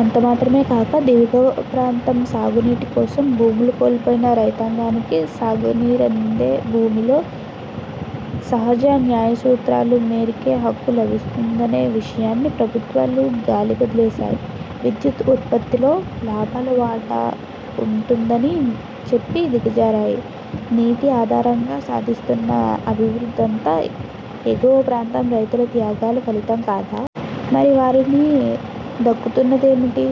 అంతమాత్రమే కాక దిగువ ప్రాంత సాగు నీటి కోసం భూములు కోల్పోయిన రైతాంగానికి సాగునీరందే భూమిలో సహజ న్యాయసూత్రాల మేరకే హక్కు లభిస్తుందనే విషయాన్ని ప్రభుత్వాలు గాలికొదిలేశాయి. విద్యుత్ ఉత్పత్తిలో లాభాల వాటా ఉంటుందనీ చెప్పి దిగజారాయి. నీటి ఆధారంగా సాధిస్తున్న అభివృద్ధంతా ఎగువ ప్రాంత రైతుల త్యాగాల ఫలితం కాదా? మరి వారికి దక్కుతున్నదేమిటి?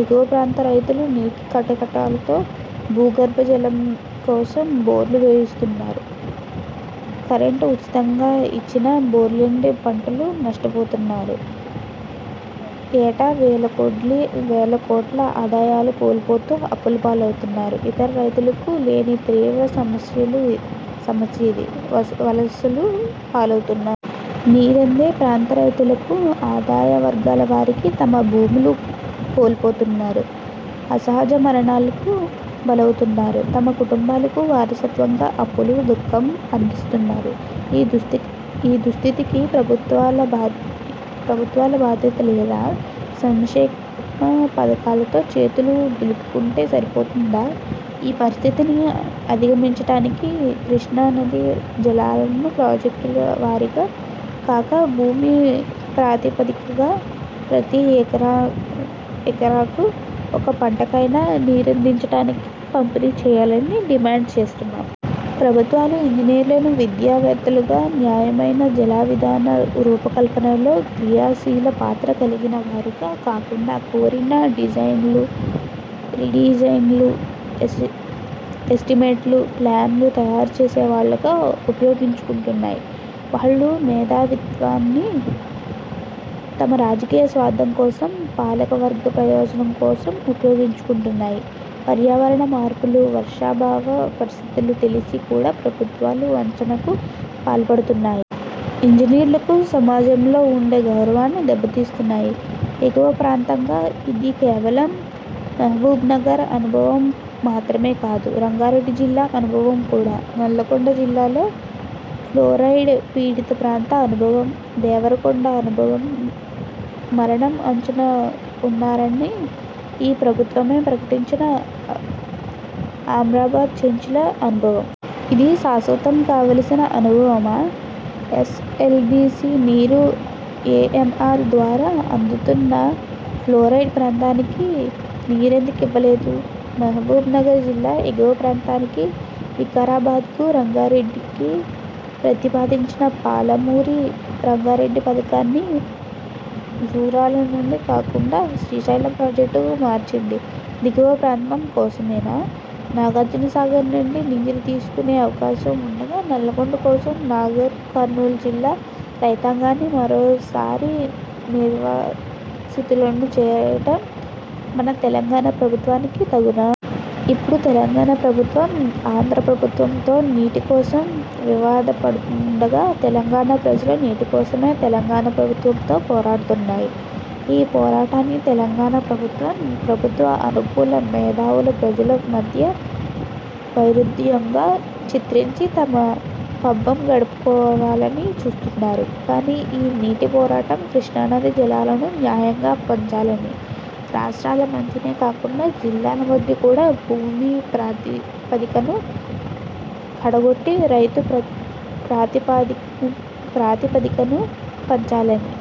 ఎగువ ప్రాంత రైతులు నీటి కటకటతో భూగర్భ జలం కోసం బోర్లు వేస్తున్నారు. కరెంటు ఉచితంగా ఇచ్చినా బోర్లెండి పంటలు నష్టపోతున్నారు. ఏటా వేల కోట్ల ఆదాయాలు కోల్పోతూ అప్పుల పాలవుతున్నారు. ఇతర రైతులకు లేని తీవ్ర సమస్య ఇది. వలసల పాలవుతున్నారు. నీరందే ప్రాంత రైతులకు, ఆదాయవర్గాల వారికి తమ భూములు కోల్పోతున్నారు. అసహజ మరణాలకు బలవుతున్నారు. తమ కుటుంబాలకు వారసత్వంగా అప్పులు, దుఃఖం అందిస్తున్నారు. ఈ దుస్థితికి ప్రభుత్వాల బాధ్యత లేదా? సంక్షేమ పథకాలతో చేతులు దులుపుకుంటే సరిపోతుందా? ఈ పరిస్థితిని అధిగమించటానికి కృష్ణా నదీ జలాలను ప్రాజెక్టుల వారీగా కాక భూమి ప్రాతిపదికన ప్రతి ఎకరాకు ఒక పంటకైనా నీరందించటానికి పంపిణీ చేయాలని డిమాండ్ చేస్తున్నాం. ప్రభుత్వాలు ఇంజనీర్లను విద్యావేత్తలుగా, న్యాయమైన జలవిధాన రూపకల్పనలో క్రియాశీల పాత్ర కలిగిన వారుగా కాకుండా కోరిన డిజైన్లు, రీడిజైన్లతో ఎస్టిమేట్లు, ప్లాన్లు తయారుచేసే వాళ్ళుగా ఉపయోగించుకుంటున్నాయి. వాళ్ళ మేధావిత్వాన్ని తమ రాజకీయ స్వార్థం కోసం, పాలకవర్గ ప్రయోజనం కోసం ఉపయోగించుకుంటున్నాయి. పర్యావరణ మార్పులు, వర్షాభావ పరిస్థితులు తెలిసి కూడా ప్రభుత్వాలు వంచనకు పాల్పడుతున్నాయి. ఇంజనీర్లకు సమాజంలో వుండే గౌరవాన్ని దెబ్బతీస్తున్నాయి. ఎగువ ప్రాంతంగా ఇది కేవలం మహబూబ్నగర్ అనుభవం మాత్రమే కాదు. రంగారెడ్డి జిల్లా అనుభవం కూడా. నల్లగొండ జిల్లాలోని ఫ్లోరైడ్ పీడిత ప్రాంత అనుభవం, దేవరకొండ అనుభవం. మరణం అంచున వున్నారని ఈ ప్రభుత్వమే ప్రకటించిన అమ్రాబాద్ చెంచుల అనుభవం. ఇది శాశ్వతం కావలసిన అనుభవమా? ఎస్ఎల్బీసీ నీరు ఏఎంఆర్ ద్వారా అందుతున్నా ఫ్లోరైడ్ ప్రాంతానికి నీరెందుకివ్వలేదు? మహబూబ్నగర్ జిల్లా ఎగువ ప్రాంతానికి, వికారాబాద్కు, రంగారెడ్డికి ప్రతిపాదించిన పాలమూరు రంగారెడ్డి పథకాన్ని జూరాల నుండి కాకుండా శ్రీశైలం ప్రాజెక్టుకు మార్చింది దిగువ ప్రాంతం కోసమేనా? నాగార్జున సాగర్ నుండి నీరు తీసుకునే అవకాశం వుండగా నల్లగొండ కోసం నాగర్ కర్నూల్ జిల్లా రైతాంగాన్ని మరోసారి నిర్వాసితులను చేయటం మన తెలంగాణ ప్రభుత్వానికి తగునా? ఇప్పుడు తెలంగాణ ప్రభుత్వం ఆంధ్ర ప్రభుత్వంతో నీటి కోసం వివాదపడుతూండగా తెలంగాణ ప్రజలు నీటికోసమే తెలంగాణ ప్రభుత్వంతో పోరాడుతున్నారు. ఈ పోరాటాన్ని తెలంగాణ ప్రభుత్వం, ప్రభుత్వ అనుకూల మేధావులు ప్రజల మధ్య వైరుధ్యంగా చిత్రించి తమ పబ్బం గడుపుకోవాలని చూస్తున్నారు. కానీ ఈ నీటి పోరాటం కృష్ణా నదీ జలాలను న్యాయంగా పంచాలని, రాష్ట్రాల మధ్యనే కాకుండా జిల్లాల మధ్య కూడా, భూమి ప్రాతిపదికన, కడగొట్టు రైతు ప్రాతిపదికన పంచాలని.